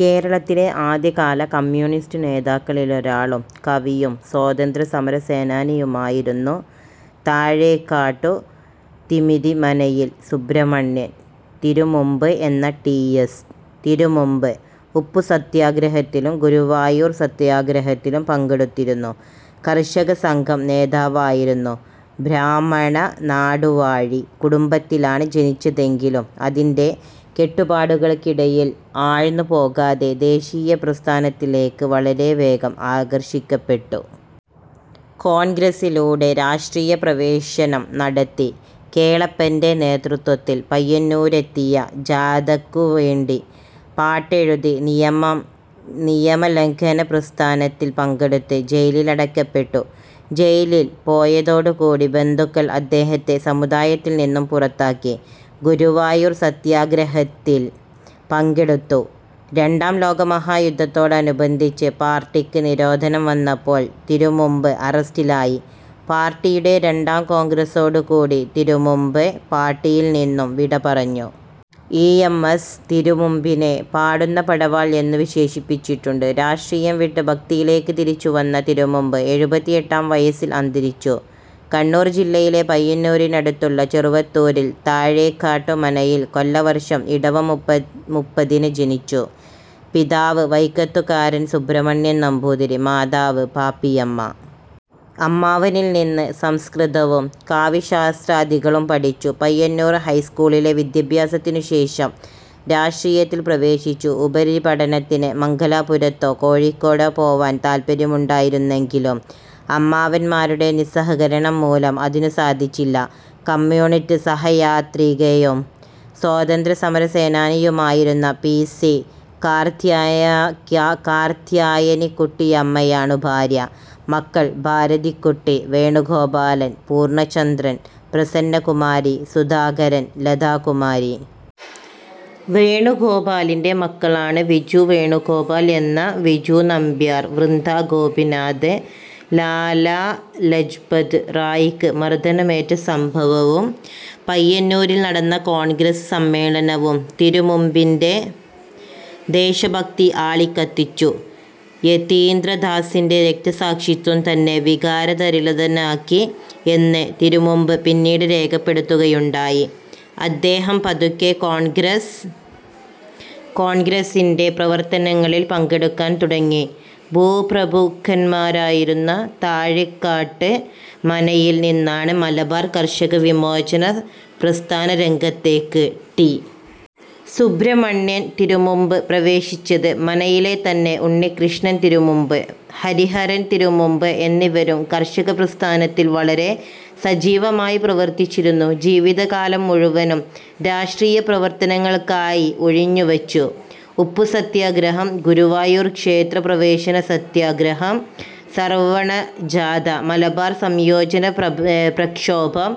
കേരളത്തിലെ ആദ്യകാല കമ്മ്യൂണിസ്റ്റു നേതാക്കളിലൊരാളും കവിയും സ്വാതന്ത്രസമരസേനാനിയുമായിരുന്നു താഴേക്കാട്ടു തിമിരിമനയിൽ സുബ്രഹ്മണ്യൻ തിരുമുമ്പ് എന്ന ടി. എസ്. തിരുമുമ്പ്. ഉപ്പു സത്യാഗ്രഹത്തിലും ഗുരുവായൂർ സത്യാഗ്രഹത്തിലും പങ്കെടുത്തിരുന്നു. കർഷക സംഘം നേതാവായിരുന്നു. ബ്രാഹ്മണനാടുവാഴി കുടുംബത്തിലാണ് ജനിച്ചതെങ്കിലും അതിന്റെ കെട്ടുപാടുകൾക്കിടയിൽ ആഴ്ന്നു പോകാതെ ദേശീയപ്രസ്ഥാനത്തിലേക്ക് വളരെ വേഗം ആകർഷിക്കപ്പെട്ടു. കോൺഗ്രസ്സിലൂടെ രാഷ്ട്രീയപ്രവേശനം നടത്തി. കേളപ്പന്റെ നേതൃത്വത്തിൽ പയ്യന്നൂരെത്തിയ ജാഥക്കു വേണ്ടി പാട്ടെഴുതി. നിയമം നിയമലംഘനപ്രസ്ഥാനത്തിൽ പങ്കെടുത്ത് ജയിലിലടക്കപ്പെട്ടു. ജയിലിൽ പോയതോടുകൂടി ബന്ധുക്കൾ അദ്ദേഹത്തെ സമുദായത്തിൽ നിന്നും പുറത്താക്കി. ഗുരുവായൂർ സത്യാഗ്രഹത്തിൽ പങ്കെടുത്തു. രണ്ടാം ലോകമഹായുദ്ധത്തോടനുബന്ധിച്ച് പാർട്ടിക്ക് നിരോധനം വന്നപ്പോൾ തിരുമുമ്പ് അറസ്റ്റിലായി. പാർട്ടിയുടെ രണ്ടാം കോൺഗ്രസ്സോടുകൂടി തിരുമുമ്പ് പാർട്ടിയിൽ നിന്നും വിടപറഞ്ഞു. ഇ. എം. എസ്സ് തിരുമുമ്പിനെ പാടുന്ന പടവാൾ എന്നു വിശേഷിപ്പിച്ചിട്ടുണ്ട്. രാഷ്ട്രീയം വിട്ട് ഭക്തിയിലേക്ക് തിരിച്ചുവന്ന തിരുമുമ്പ് എഴുപത്തിഎട്ടാം വയസ്സിൽ അന്തരിച്ചു. കണ്ണൂർ ജില്ലയിലെ പയ്യന്നൂരിനടുത്തുള്ള ചെറുവത്തൂരിൽ, താഴേക്കാട്ടു മനയിൽ കൊല്ല വർഷം ഇടവം മുപ്പ മുപ്പതിന് ജനിച്ചു. പിതാവ് വൈക്കത്തുകാരൻ സുബ്രഹ്മണ്യൻ നമ്പൂതിരി, മാതാവ് പാപ്പിയമ്മ. അമ്മാവനിൽ നിന്ന് സംസ്കൃതവും കാവ്യശാസ്ത്രാദികളും പഠിച്ചു. പയ്യന്നൂർ ഹൈസ്കൂളിലെ വിദ്യാഭ്യാസത്തിനു ശേഷം രാഷ്ട്രീയത്തിൽ പ്രവേശിച്ചു. ഉപരിപഠനത്തിന് മംഗലാപുരത്തോ, കോഴിക്കോടോ പോവാൻ താൽപര്യമുണ്ടായിരുന്നുവെങ്കിലും അമ്മാവന്മാരുടെ നിസ്സഹകരണം മൂലം അതിനു സാധിച്ചില്ല. കമ്മ്യൂണിസ്റ്റ് സഹയാത്രികയും സ്വാതന്ത്ര്യസമരസേനാനിയുമായിരുന്ന പി. സി കർത്യായ ക്യാ കാർത്യായനിക്കുട്ടിയമ്മയാണു ഭാര്യ. മക്കൾ ഭാരതിക്കുട്ടി, വേണുഗോപാലൻ, പൂർണ്ണചന്ദ്രൻ, പ്രസന്നകുമാരി, സുധാകരൻ, ലതാകുമാരി. വേണുഗോപാലിന്റെ മക്കളാണു. വിജുവേണുഗോപാൽ എന്ന വിജുനമ്പ്യാർവൃന്ദാഗോപിനാഥ് ലാലാലജ്പത് റായിക്ക് മർദ്ദനമേറ്റ സംഭവവും, പയ്യന്നൂരിൽ നടന്ന കോൺഗ്രസ്സ് സമ്മേളനവും തിരുമുമ്പിന്റെ ദേശഭക്തി ആളിക്കത്തിച്ചു. യതീന്ദ്രദാസിന്റെ രക്തസാക്ഷിത്വം തന്നെ വികാരതരളിതനാക്കി എന്ന് തിരുമുമ്പ് പിന്നീട് രേഖപ്പെടുത്തുകയുണ്ടായി. അദ്ദേഹം പതുക്കെ, കോണ്ഗ്രസ് കോൺഗ്രസ്സിന്റെ പ്രവർത്തനങ്ങളിൽ പങ്കെടുക്കാൻ തുടങ്ങി. ഭൂപ്രഭുക്കന്മാരായിരുന്ന താഴെക്കാട്ട് മനയിൽ നിന്നാണ് മലബാർ കർഷക വിമോചന പ്രസ്ഥാന രംഗത്തേക്ക് ടി. സുബ്രഹ്മണ്യൻ തിരുമുമ്പ് പ്രവേശിച്ചത്. മനയിലെ തന്നെ ഉണ്ണികൃഷ്ണൻ തിരുമുമ്പ്, ഹരിഹരൻ തിരുമുമ്പ് എന്നിവരും കർഷക പ്രസ്ഥാനത്തിൽ വളരെ സജീവമായി പ്രവർത്തിച്ചിരുന്നു. ജീവിതകാലം മുഴുവനും രാഷ്ട്രീയപ്രവർത്തനങ്ങൾക്കായി ഉഴിഞ്ഞുവച്ചു. ഉപ്പു സത്യാഗ്രഹം, ഗുരുവായൂർ ക്ഷേത്രപ്രവേശന സത്യഗ്രഹം, സവർണജാഥ, മലബാർ സംയോജന പ്ര പ്രക്ഷോഭം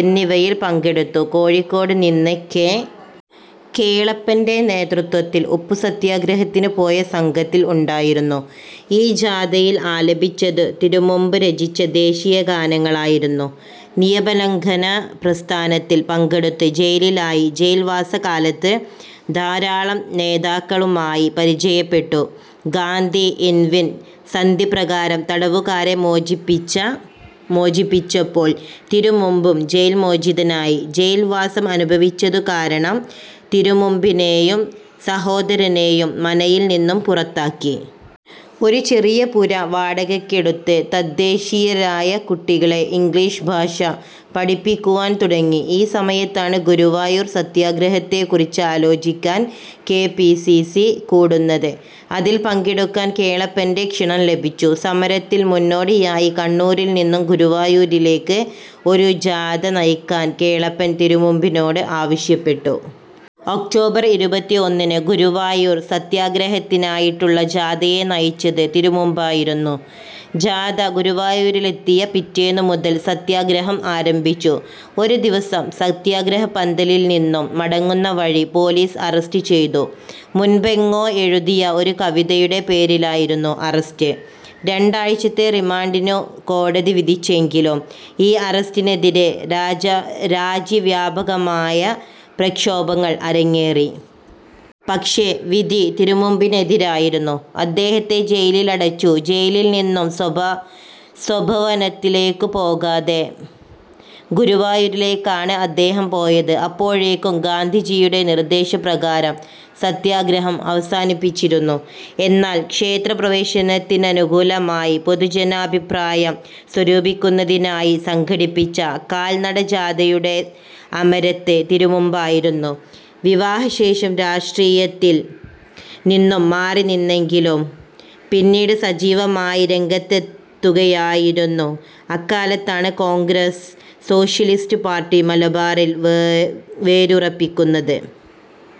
എന്നിവയിൽ പങ്കെടുത്തു. കോഴിക്കോട് നിന്ന് കെ. കേളപ്പന്റെ നേതൃത്വത്തിൽ ഉപ്പുസത്യാഗ്രഹത്തിന് പോയ സംഘത്തിൽ ഉണ്ടായിരുന്നു. ഈ ജാഥയിൽ ആലപിച്ചതു തിരുമുമ്പ് രചിച്ച ദേശീയ ഗാനങ്ങളായിരുന്നു. നിയമലംഘന പ്രസ്ഥാനത്തിൽ പങ്കെടുത്ത് ജയിലിലായി. ജയിൽവാസകാലത്ത് ധാരാളം നേതാക്കളുമായി പരിചയപ്പെട്ടു. ഗാന്ധി-ഇൻവിൻ സന്ധി പ്രകാരം തടവുകാരെ മോചിപ്പിച്ച മോചിപ്പിച്ചപ്പോൾ തിരുമുമ്പും ജയിൽ മോചിതനായി. ജയിൽവാസം അനുഭവിച്ചതുകാരണം തിരുമുമ്പിനേയും സഹോദരനേയും മനയിൽ നിന്നും പുറത്താക്കി. ഒരു ചെറിയ പുര വാടകക്കെടുത്ത് തദ്ദേശീയരായ കുട്ടികളെ ഇംഗ്ലീഷ് ഭാഷ പഠിപ്പിക്കുവാൻ തുടങ്ങി. ഈ സമയത്താണ് ഗുരുവായൂർ സത്യാഗ്രഹത്തെക്കുറിച്ചാലോചിക്കാൻ കെ. പി. സി. സി കൂടുന്നത്, അതിൽ പങ്കെടുക്കാൻ കേളപ്പന്റെ ക്ഷണം ലഭിച്ചു. സമരത്തിന്റെ മുന്നോടിയായി കണ്ണൂരിൽ നിന്നും ഗുരുവായൂരിലേക്ക് ഒരു ജാഥ നയിക്കാൻ കേളപ്പൻ തിരുമുമ്പിനോട് ആവശ്യപ്പെട്ടു. ഒക്ടോബർ ഇരുപത്തിഒന്നിന് ഗുരുവായൂർ സത്യാഗ്രഹത്തിനായിട്ടുള്ള ജാഥയെ നയിച്ചത് തിരുമുമ്പായിരുന്നു. ജാഥ ഗുരുവായൂരിലെത്തിയ പിറ്റേന്നു മുതൽ സത്യാഗ്രഹം ആരംഭിച്ചു. ഒരു ദിവസം സത്യാഗ്രഹപന്തലിൽ നിന്നും മടങ്ങുന്ന വഴി പോലീസ് അറസ്റ്റ് ചെയ്തു. മുൻപെങ്ങോ എഴുതിയ ഒരു കവിതയുടെ പേരിലായിരുന്നു അറസ്റ്റ്. രണ്ടാഴ്ചത്തെ റിമാൻഡിനു കോടതി വിധിച്ചുവെങ്കിലും, ഈ അറസ്റ്റിനെതിരേ രാജ്യ രാജ്യവാപകമായ പ്രക്ഷോഭങ്ങൾ അരങ്ങേറി. പക്ഷേ വിധി തിരുമുമ്പിനെതിരായിരുന്നു. അദ്ദേഹത്തെ ജയിലിലടച്ചു. ജയിലിൽ നിന്നും സ്വാഭ സ്വഭവനത്തിലേക്കു പോകാതെ ഗുരുവായൂരിലേക്കാണ് അദ്ദേഹം പോയത്. അപ്പോഴേക്കും ഗാന്ധിജിയുടെ നിർദ്ദേശപ്രകാരം സത്യാഗ്രഹം അവസാനിപ്പിച്ചിരുന്നു, എന്നാൽ ക്ഷേത്രപ്രവേശനത്തിനനകൂലമായി പൊതുജനാഭിപ്രായം സ്വരൂപിക്കുന്നതിനായി സംഘടിപ്പിച്ച കാൽനട ജാഥയുടെ അമരത്ത് തിരുമുമ്പായിരുന്നു. വിവാഹശേഷം രാഷ്ട്രീയത്തിൽ നിന്നും മാറിനിന്നെങ്കിലും, പിന്നീട് സജീവമായി രംഗത്തെത്തുകയായിരുന്നു. അക്കാലത്താണ് കോൺഗ്രസ്സ് സോഷ്യലിസ്റ്റ് പാർട്ടി മലബാറിൽ വേ വേരുറപ്പിക്കുന്നത്.